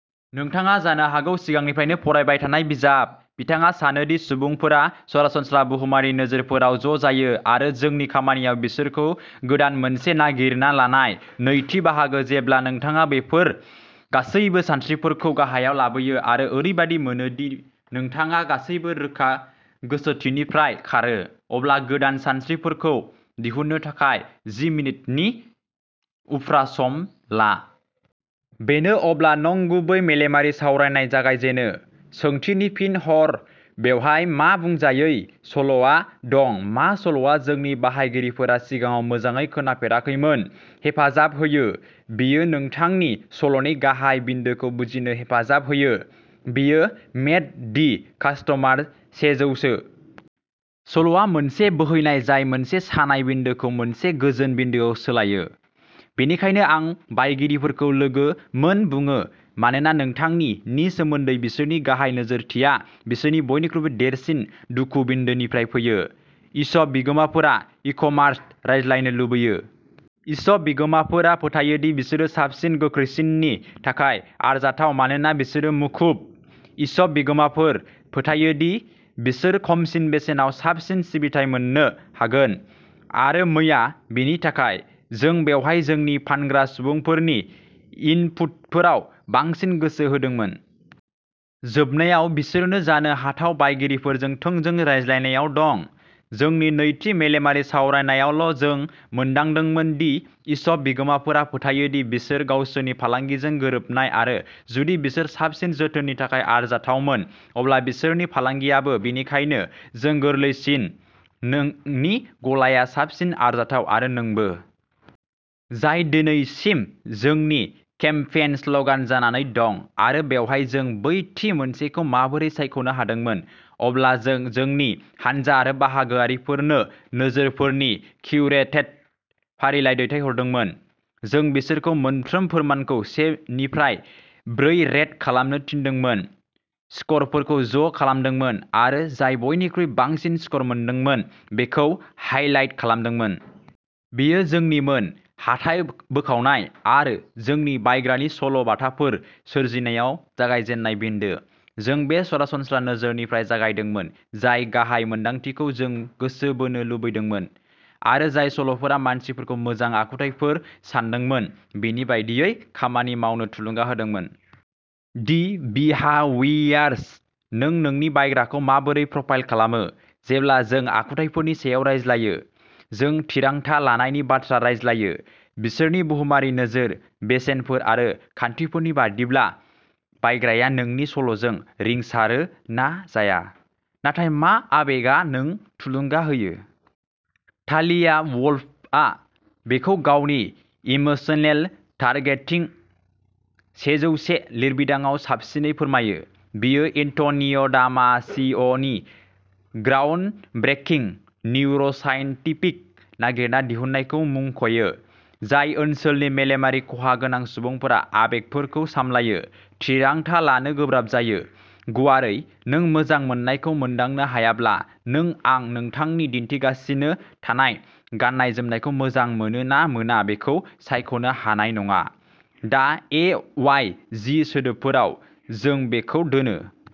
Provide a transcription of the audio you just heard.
नोंथाङा जानो हागौ सिगांनिफ्रायनो फरायबाय थानाय बिजाब। बिथाङा सानो दि सुबुंफोरा सरासनस्रा बुहुमारि नोजोरफोराव ज' जायो आरो जोंनि खामानिया बिसोरखौ गोदान मोनसे नागिरना लानाय। नैथि बाहागो जेब्ला नोंथाङा बैफोर गासैबो सानस्रिफोरखौ गाहायाव लाबोयो आरो ओरैबायदि मोनो दि नोंथाङा गासैबो रोखा गोसोथिफोरनिफ्राय खारो, अब्ला गोदान सानस्रिफोरखौ दिहुननो थाखाय जि मिनिटनि उफ्रा सम ला। बेनो अब्ला नंगुबै मेलेमारि सावरायनाय जागायजेनो। सोंथिनि फिन हर बेवहाय मा बुंजायै सल'आ दं मा सल'आ जोंनि बायगिरिफोरा सिगाङाव मोजाङै खोनाफेराखैमोन हेफाजाब होयो बेयो नोंथांनि सल'नि गाहाय बिन्दोखौ बुजिनो हेफाजाब होयो। बेयो मेट दि कास्ट'मार सेजौसे। सल'आ मोनसे बोहैनाय जाय मोनसे सानाय बिन्दोखौ मोनसे गोजोन बिन्दोआव सोलायो। बेनिखायनो आं बायगिरिफोरखौ लोगो मोन बुङो मानोना नोंथांनि नि सोमोन्दै बिसोरनि गाहाय नोजोरथिया बिसोरनि बयनिख्रुइबो देरसिन दुखु-बिन्दोनिफ्राय फैयो। इशप बिगोमाफोरा इक'मारस रायज्लायनो लुबैयो। इशप बिगोमाफोरा फोथायो दि बिसोरो साबसिन, गोख्रैसिननि थाखाय आरजाथाव मानोना बिसोरो मुखुब। इशप बिगोमाफोर फोथायो दि बिसोर खमसिन बेसेनाव साबसिन सिबिथाइ मोन्नो हागोन। आरो मैया, बेनि थाखाय। जों बेवहाय जोंनि फानग्रा सुबुंफोरनि इनपुटफोराव बांसिन गोसो होदोंमोन। जोबनायाव, बिसोरनो जानो हाथाव बायगिरिफोरजों थोंजों रायज्लायनायाव दं। जोंनि नैथि मेलेमारि सावरायनायावल'जों मोनदांदोंमोन दि इशप बिगोमाफोरा फोथायो दि बिसोर गावसोरनि फालांगिजों गोरोबनाय आरो जुदि बिसोर साबसिन जोथोननि थाखाय आरजाथावमोन, अब्ला बिसोरनि फालांगियाबो। बेनिखायनो, जों गोरलैसिन नोंनि गलाया साबसिन आरजाथाव, आरो नोंबो। जाय दिनैसिम जोंनि केम्पेइन स्ल'गान जानानै दं आरो बेवहाय जों बै थि मोनसेखौ माबोरै सायख'नो हादोंमोन। अब्ला, जों जोंनि हानजा आरो बाहागोआरिफोरनो नोजोरफोरनि किउरेटेड फारिलाइ दैथायहरदोंमोन। जों बिसोरखौ मोनफ्रोम फोरमानखौ से निफ्राय ब्रैे रेट खालामनो थिनदोंमोन, स्करफोरखौ ज' खालामदोंमोन आरो जाय बयनिख्रुइ बांसिन स्कर मोनदोंमोन बेखौ हाइलाइट खालामदोंमोन। बेयो जोंनिमोन हाथाइ बोखावनाय आरो जोंनि बायग्रानि सल' बाथाफोर सोरजिनायाव जागायजेननाय बिन्दो। जों बे सरासनस्रा नोजोरनिफ्राय जागायदोंमोन, जाय गाहाय मोन्दांथिखौ जों गोसो बोनो लुबैदोंमोन आरो जाय सल'फोरा मानसिफोरखौ मोजां आखुथायफोर सान्दोंमोन बिनि बायदियै खामानि मावनो थुलुंगा होदोंमोन। दि बिहावियारस नों नोंनि बायग्राखौ माबोरै प्रफाइल खालामो जेब्ला जों आखुथायफोरनि सायाव रायज्लायो, जों थिरांथा लानायनि बाथ्रा रायज्लायो। बिसोरनि बुहुमारि नोजोर, बेसेनफोर आरो खान्थिफोरनि बायदिब्ला, बायग्राया नोंनि सल'जों रिंसारो ना जाया। नाथाय, मा आबेगआ नों थुलुंगा होयो। तालिया वुल्फआ बेखौ गावनि इमोसनेल टारगेटिंग सेजौसे लिरबिदांआव साबसिनै फोरमायो। बियो एन्ट'निय'दामासिअ'नि ग्राउन्डब्रेकिं निउर'साइन्टिफिक नागिरना दिहुननायखौ मुंख'यो, जाय ओनसोलनि मेलेमारि खहा गोनां सुबुंफोरा आबेगफोरखौ सामलायो, थिरांथा लानो गोब्राब जायो। गुवारै, नों मोजां मोननायखौ मोनदांनो हायाब्ला, नों आं नोंथांनो दिन्थिगासिनो थानाय गाननाय जोमनायखौ मोजां मोनो ना मोना बेखौ सायख'नो हानाय नङा। दा ए वाइ जि सोदोबफोराव, जों बेखौ दोनो।